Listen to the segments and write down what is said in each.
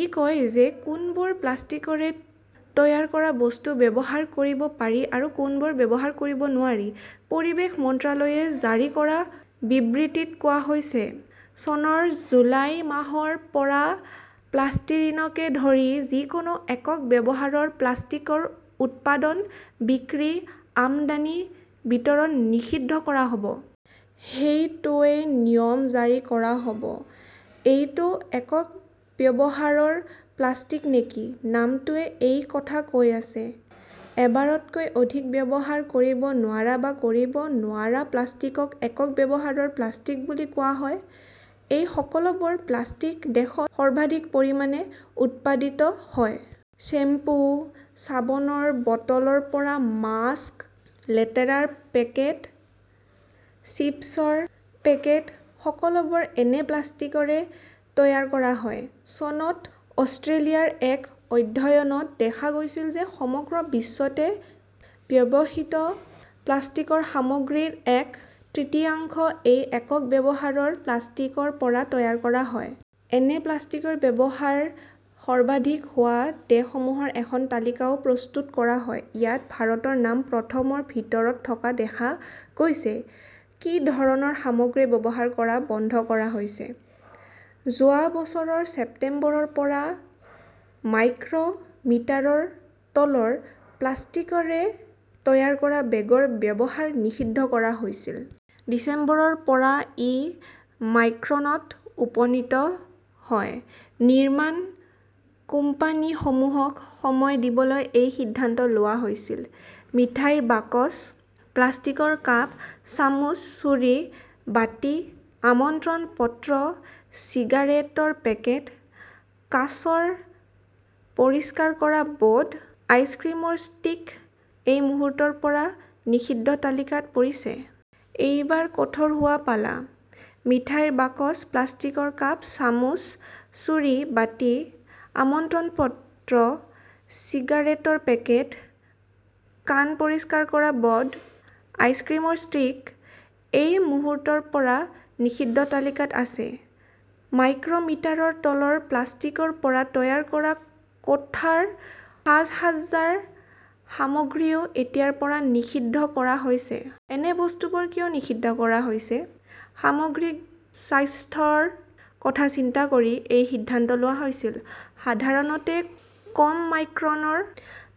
ই কয় যে কোনবোৰ প্লাষ্টিকৰে তৈয়াৰ কৰা বস্তু ব্যৱহাৰ কৰিব পাৰি আৰু কোনবোৰ ব্যৱহাৰ কৰিব নোৱাৰি। পৰিৱেশ মন্ত্ৰালয়ে জাৰি কৰা বিবৃতিত কোৱা হৈছে, " চনৰ জুলাই মাহৰ পৰা পলিষ্টিৰিনকে ধৰি যিকোনো একক ব্যৱহাৰৰ প্লাষ্টিকৰ উৎপাদন, বিক্ৰী, আমদানি, বিতৰণ নিষিদ্ধ কৰা হ" ব। "সেইটোৱেই নিয়ম জাৰি কৰা হ" ব। এইটো 'একক ব্যৱহাৰৰ প্লাষ্টিক "নেকি? নামটোৱে এই কথা কৈ আছে। এবাৰতকৈ অধিক ব্যৱহাৰ কৰিব নোৱাৰা বা কৰিব নোৱাৰা প্লাষ্টিকক 'একক ব্যৱহাৰৰ প্লাষ্টিক "বুলি কোৱা হয়। এই সকলোবোৰ প্লাষ্টিক দেশত সৰ্বাধিক পৰিমাণে উৎপাদিত হয়। শ্বেম্পু, চাবোনৰ বটলৰ পৰা মাস্ক, লেতেৰাৰ পেকেট, চিপছৰ পেকেট-সকলোবোৰ এনে প্লাষ্টিকৰে তৈয়াৰ কৰা হয়। চনত অষ্ট্ৰেলিয়াৰ এক অধ্যয়নত দেখা গৈছিল যে সমগ্ৰ বিশ্বতে ব্যৱহৃত প্লাষ্টিকৰ সামগ্ৰীৰ এক তৃতীয়াংশ এই 'একক ব্যৱহাৰৰ প্লাষ্টিক "ৰ পৰা তৈয়াৰ কৰা হয়। এনে প্লাষ্টিকৰ ব্যৱহাৰ সৰ্বাধিক হোৱা দেশসমূহৰ এখন তালিকাও প্ৰস্তুত কৰা হয়। ইয়াত ভাৰতৰ নাম প্ৰথম ৰ ভিতৰত থকা দেখা গৈছে। কি ধৰণৰ সামগ্ৰী ব্যৱহাৰ কৰা বন্ধ কৰা হৈছে? যোৱা বছৰৰ ছেপ্টেম্বৰৰ পৰা মাইক্ৰ "মিটাৰৰ তলৰ প্লাষ্টিকৰে তৈয়াৰ কৰা বেগৰ ব্যৱহাৰ নিষিদ্ধ কৰা হৈছিল। ডিচেম্বৰৰ পৰা ই মাইক্ৰনত উপনীত হয়। নিৰ্মাণ কোম্পানীসমূহক সময় দিবলৈ এই সিদ্ধান্ত লোৱা হৈছিল। মিঠাইৰ বাকচ, প্লাষ্টিকৰ কাপ, চামুচ, ছুৰী, বাটি, আমন্ত্ৰণ পত্ৰ, চিগাৰেটৰ পেকেট, কাঁচৰ পৰিষ্কাৰ কৰা বড, আইচক্ৰীমৰ ষ্টিক-এই মুহূৰ্তৰ পৰা নিষিদ্ধ তালিকাত পৰিছে। এইবাৰ কঠোৰ হোৱাৰ পালা। মিঠাইৰ বাকচ, প্লাষ্টিকৰ কাপ, চামুচ, ছুৰী, বাটি, আমন্ত্ৰণ পত্ৰ, চিগাৰেটৰ পেকেট, কাণ পৰিষ্কাৰ কৰা বড, আইচক্ৰীমৰ ষ্টিক-এই মুহূৰ্তৰ পৰা নিষিদ্ধ তালিকাত আছে। মাইক্ৰ "মিটাৰৰ তলৰ প্লাষ্টিকৰ পৰা তৈয়াৰ কৰা কোঠাৰ সাজ-সজ্জাৰ সামগ্ৰীও এতিয়াৰ পৰা নিষিদ্ধ কৰা হৈছে। এনে বস্তুবোৰ কিয় নিষিদ্ধ কৰা হৈছে? সামগ্ৰিক স্বাস্থ্যৰ কথা চিন্তা কৰি এই সিদ্ধান্ত লোৱা হৈছে। সাধাৰণতে কম মাইক্ৰনৰ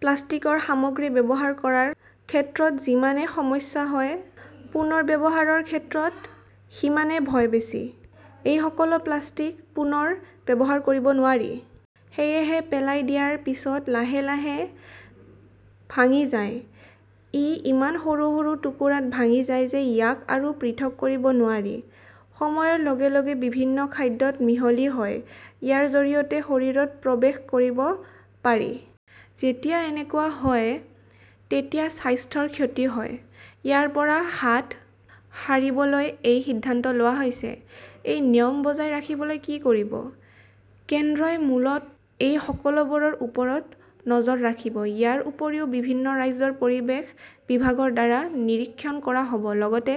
প্লাষ্টিকৰ সামগ্ৰী ব্যৱহাৰ কৰাৰ ক্ষেত্ৰত যিমানেই সমস্যা হয়, পুনৰ্ব্যৱহাৰৰ ক্ষেত্ৰত সিমানেই ভয় বেছি। এই সকলো প্লাষ্টিক পুনৰ ব্যৱহাৰ কৰিব নোৱাৰি। সেয়েহে পেলাই দিয়াৰ পিছত লাহে লাহে ভাঙি যায়। ই ইমান সৰু সৰু টুকুৰাত ভাঙি যায় যে ইয়াক আৰু পৃথক কৰিব নোৱাৰি। সময়ৰ লগে লগে বিভিন্ন খাদ্যত মিহলি হয়। ইয়াৰ জৰিয়তে শৰীৰত প্ৰৱেশ কৰিব পাৰি। যেতিয়া এনেকুৱা হয় তেতিয়া স্বাস্থ্যৰ ক্ষতি হয়। ইয়াৰ পৰা হাত সাৰিবলৈ এই সিদ্ধান্ত লোৱা হৈছে। এই নিয়ম বজাই ৰাখিবলৈ কি কৰিব? কেন্দ্ৰই মূলতঃ এই সকলোবোৰৰ ওপৰত নজৰ ৰাখিব। ইয়াৰ উপৰিও, বিভিন্ন ৰাজ্যৰ পৰিৱেশ বিভাগৰ দ্বাৰা নিৰীক্ষণ কৰা হ 'ব। লগতে